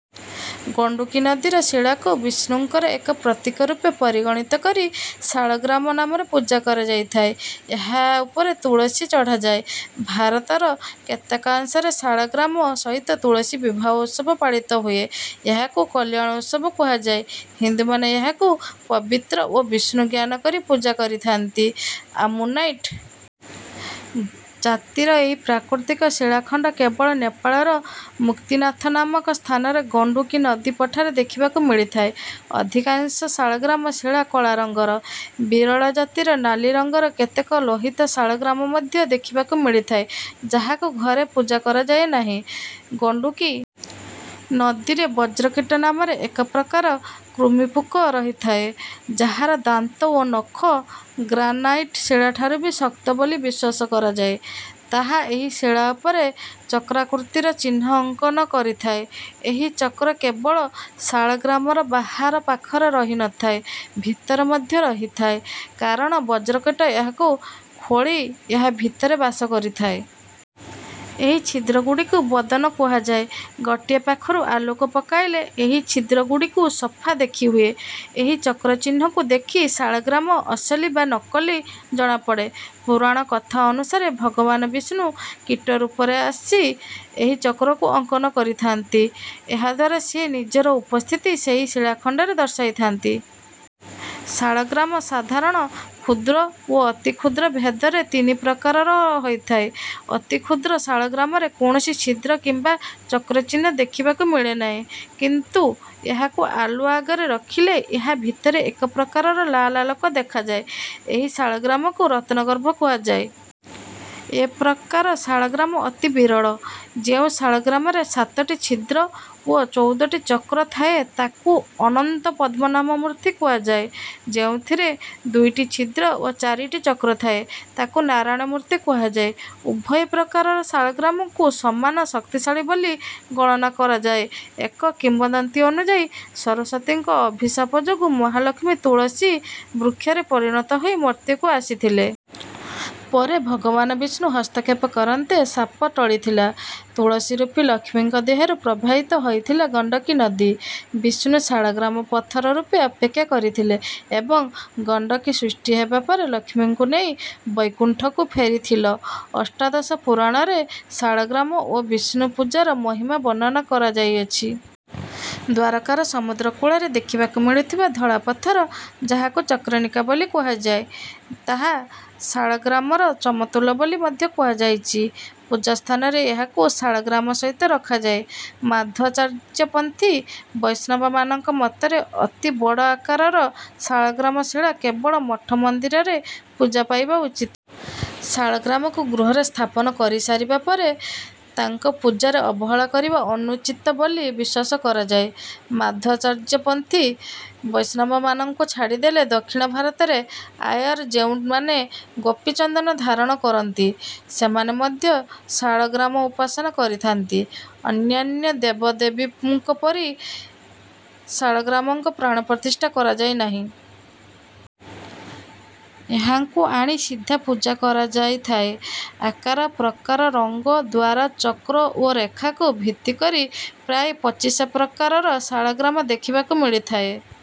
ଗଣ୍ଡୁକୀ ନଦୀର ଶିଳାକୁ ବିଷ୍ଣୁଙ୍କର ଏକ ପ୍ରତୀକ ରୂପେ ପରିଗଣିତ କରି ଶାଳଗ୍ରାମ ନାମରେ ପୂଜା କରାଯାଇଥାଏ। ଏହା ଉପରେ ତୁଳସୀ ଚଢ଼ାଯାଏ। ଭାରତର କେତେକାଂଶରେ ଶାଳଗ୍ରାମ ସହିତ ତୁଳସୀ ବିବାହ ଉତ୍ସବ ପାଳିତ ହୁଏ। ଏହାକୁ କଲ୍ୟାଣୋତ୍ସବ କୁହାଯାଏ। ହିନ୍ଦୁମାନେ ଏହାକୁ ପବିତ୍ର ଓ ବିଷ୍ଣୁ ଜ୍ଞାନ କରି ପୂଜା କରିଥାନ୍ତି। ଆମ୍ମୋନାଇଟ୍ ଜାତିର ଏହି ପ୍ରାକୃତିକ ଶିଳାଖଣ୍ଡ କେବଳ ନେପାଳର ମୁକ୍ତିନାଥ ନାମକ ସ୍ଥାନରେ ଗଣ୍ଡୁକୀ ନଦୀ ପଠାରେ ଦେଖିବାକୁ ମିଳିଥାଏ। ଅଧିକାଂଶ ଶାଳଗ୍ରାମ ଶିଳା କଳା ରଙ୍ଗର। ବିରଳ ଜାତିର ନାଲି ରଙ୍ଗର କେତେକ ଲୋହିତ ଶାଳଗ୍ରାମ ମଧ୍ୟ ଦେଖିବାକୁ ମିଳିଥାଏ, ଯାହାକୁ ଘରେ ପୂଜା କରାଯାଏ ନାହିଁ। ଗଣ୍ଡୁକୀ ନଦୀରେ ବଜ୍ରକୀଟ ନାମରେ ଏକ ପ୍ରକାର କୃମିପୋକ ରହିଥାଏ, ଯାହାର ଦାନ୍ତ ଓ ନଖ ଗ୍ରାନାଇଟ୍ ଶିଳାଠାରୁ ବି ଶକ୍ତ ବୋଲି ବିଶ୍ୱାସ କରାଯାଏ। ତାହା ଏହି ଶିଳା ଉପରେ ଚକ୍ରାକୃତିର ଚିହ୍ନ ଅଙ୍କନ କରିଥାଏ। ଏହି ଚକ୍ର କେବଳ ଶାଳଗ୍ରାମର ବାହାର ପାଖରେ ରହି ନ ଥାଏ, ଭିତରେ ମଧ୍ୟ ରହିଥାଏ କାରଣ ବଜ୍ରକୀଟ ଏହାକୁ ଖୋଳି ଏହା ଭିତରେ ବାସ କରିଥାଏ। ଏହି ଛିଦ୍ରଗୁଡ଼ିକୁ ବଦନ କୁହାଯାଏ। ଗୋଟିଏ ପାଖରୁ ଆଲୁଅ ପକାଇଲେ ଏହି ଛିଦ୍ରଗୁଡ଼ିକୁ ସଫା ଦେଖିହୁଏ। ଏହି ଚକ୍ର ଚିହ୍ନକୁ ଦେଖି ଶାଳଗ୍ରାମ ଅସଲି ବା ନକଲି ଜଣାପଡ଼େ। ପୁରାଣକଥା ଅନୁସାରେ ଭଗବାନ ବିଷ୍ଣୁ କୀଟ ରୂପରେ ଆସି ଏହି ଚକ୍ରକୁ ଅଙ୍କନ କରିଥାନ୍ତି। ଏହାଦ୍ୱାରା ସେ ନିଜର ଉପସ୍ଥିତି ସେହି ଶିଳାଖଣ୍ଡରେ ଦର୍ଶାଇଥାନ୍ତି। ଶାଳଗ୍ରାମ ସାଧାରଣ, କ୍ଷୁଦ୍ର ଓ ଅତିକ୍ଷୁଦ୍ର ଭେଦରେ ତିନି ପ୍ରକାରର ହୋଇଥାଏ। ଅତି କ୍ଷୁଦ୍ର ଶାଳଗ୍ରାମରେ କୌଣସି ଛିଦ୍ର କିମ୍ବା ଚକ୍ର ଚିହ୍ନ ଦେଖିବାକୁ ମିଳେନାହିଁ। କିନ୍ତୁ ଏହାକୁ ଆଲୁଅ ଆଗରେ ରଖିଲେ ଏହା ଭିତରେ ଏକ ପ୍ରକାରର ଲାଲ୍ ଆଲୋକ ଦେଖାଯାଏ। ଏହି ଶାଳଗ୍ରାମକୁ ରତ୍ନଗର୍ଭ କୁହାଯାଏ। ଏ ପ୍ରକାର ଶାଳଗ୍ରାମ ଅତି ବିରଳ। ଯେଉଁ ଶାଳଗ୍ରାମରେ ସାତଟି ଛିଦ୍ର ଓ ଚଉଦଟି ଚକ୍ର ଥାଏ, ତାକୁ ଅନନ୍ତ ପଦ୍ମନାଭ ମୂର୍ତ୍ତି କୁହାଯାଏ। ଯେଉଁଥିରେ ଦୁଇଟି ଛିଦ୍ର ଓ ଚାରିଟି ଚକ୍ର ଥାଏ, ତାକୁ ନାରାୟଣ ମୂର୍ତ୍ତି କୁହାଯାଏ। ଉଭୟ ପ୍ରକାରର ଶାଳଗ୍ରାମକୁ ସମାନ ଶକ୍ତିଶାଳୀ ବୋଲି ଗଣନା କରାଯାଏଏକ କିମ୍ବଦନ୍ତୀ ଅନୁଯାୟୀ ସରସ୍ୱତୀଙ୍କ ଅଭିଶାପ ଯୋଗୁଁ ମହାଲକ୍ଷ୍ମୀ ତୁଳସୀ ବୃକ୍ଷରେ ପରିଣତ ହୋଇ ମର୍ତ୍ତ୍ୟକୁ ଆସିଥିଲେ। ପରେ ଭଗବାନ ବିଷ୍ଣୁ ହସ୍ତକ୍ଷେପ କରନ୍ତେ ଶାପ ଟଳିଥିଲା। ତୁଳସୀ ରୂପୀ ଲକ୍ଷ୍ମୀଙ୍କ ଦେହରୁ ପ୍ରବାହିତ ହୋଇଥିଲା ଗଣ୍ଡକୀ ନଦୀ। ବିଷ୍ଣୁ ଶାଳଗ୍ରାମ ପଥର ରୂପେ ଅପେକ୍ଷା କରିଥିଲେ ଏବଂ ଗଣ୍ଡକୀ ସୃଷ୍ଟି ହେବା ପରେ ଲକ୍ଷ୍ମୀଙ୍କୁ ନେଇ ବୈକୁଣ୍ଠକୁ ଫେରିଥିଲଅଷ୍ଟାଦଶ ପୁରାଣରେ ଶାଳଗ୍ରାମ ଓ ବିଷ୍ଣୁ ପୂଜାର ମହିମା ବର୍ଣ୍ଣନା କରାଯାଇଅଛି। ଦ୍ୱାରକାର ସମୁଦ୍ର କୂଳରେ ଦେଖିବାକୁ ମିଳୁଥିବା ଧଳା ପଥର, ଯାହାକୁ ଚକ୍ରନିକା ବୋଲି କୁହାଯାଏ, ତାହା ଶାଳଗ୍ରାମର ସମତୁଲ ବୋଲି ମଧ୍ୟ କୁହାଯାଇଛି। ପୂଜା ସ୍ଥାନରେ ଏହାକୁ ଶାଳଗ୍ରାମ ସହିତ ରଖାଯାଏ। ମାଧ୍ୱାଚାର୍ଯ୍ୟପନ୍ଥୀ ବୈଷ୍ଣବମାନଙ୍କ ମତରେ ଅତି ବଡ଼ ଆକାରର ଶାଳଗ୍ରାମ ଶିଳା କେବଳ ମଠ ମନ୍ଦିରରେ ପୂଜା ପାଇବା ଉଚିତ। ଶାଳଗ୍ରାମଙ୍କୁ ଗୃହରେ ସ୍ଥାପନ କରିସାରିବା ପରେ ତାଙ୍କ ପୂଜାରେ ଅବହେଳା କରିବା ଅନୁଚିତ ବୋଲି ବିଶ୍ୱାସ କରାଯାଏ। ମାଧ୍ୱାଚାର୍ଯ୍ୟପନ୍ଥୀ ବୈଷ୍ଣବମାନଙ୍କୁ ଛାଡ଼ିଦେଲେ, ଦକ୍ଷିଣ ଭାରତର ଆୟାର ଯେଉଁମାନେ ଗୋପୀଚନ୍ଦନ ଧାରଣ କରନ୍ତି, ସେମାନେ ମଧ୍ୟ ଶାଳଗ୍ରାମଉପାସନା କରିଥାନ୍ତି। ଅନ୍ୟାନ୍ୟ ଦେବଦେବୀଙ୍କ ପରି ଶାଳଗ୍ରାମଙ୍କର ପ୍ରାଣପ୍ରତିଷ୍ଠା କରାଯାଏ ନାହିଁ। ଏହାଙ୍କୁ ଆଣି ସିଧା ପୂଜା କରାଯାଇଥାଏ। ଆକାର ପ୍ରକାର, ରଙ୍ଗ, ଦ୍ୱାର, ଚକ୍ର ଓ ରେଖାକୁ ଭିତ୍ତି କରି ପ୍ରାୟ ପଚିଶ ପ୍ରକାରର ଶାଳଗ୍ରାମ ଦେଖିବାକୁ ମିଳିଥାଏ।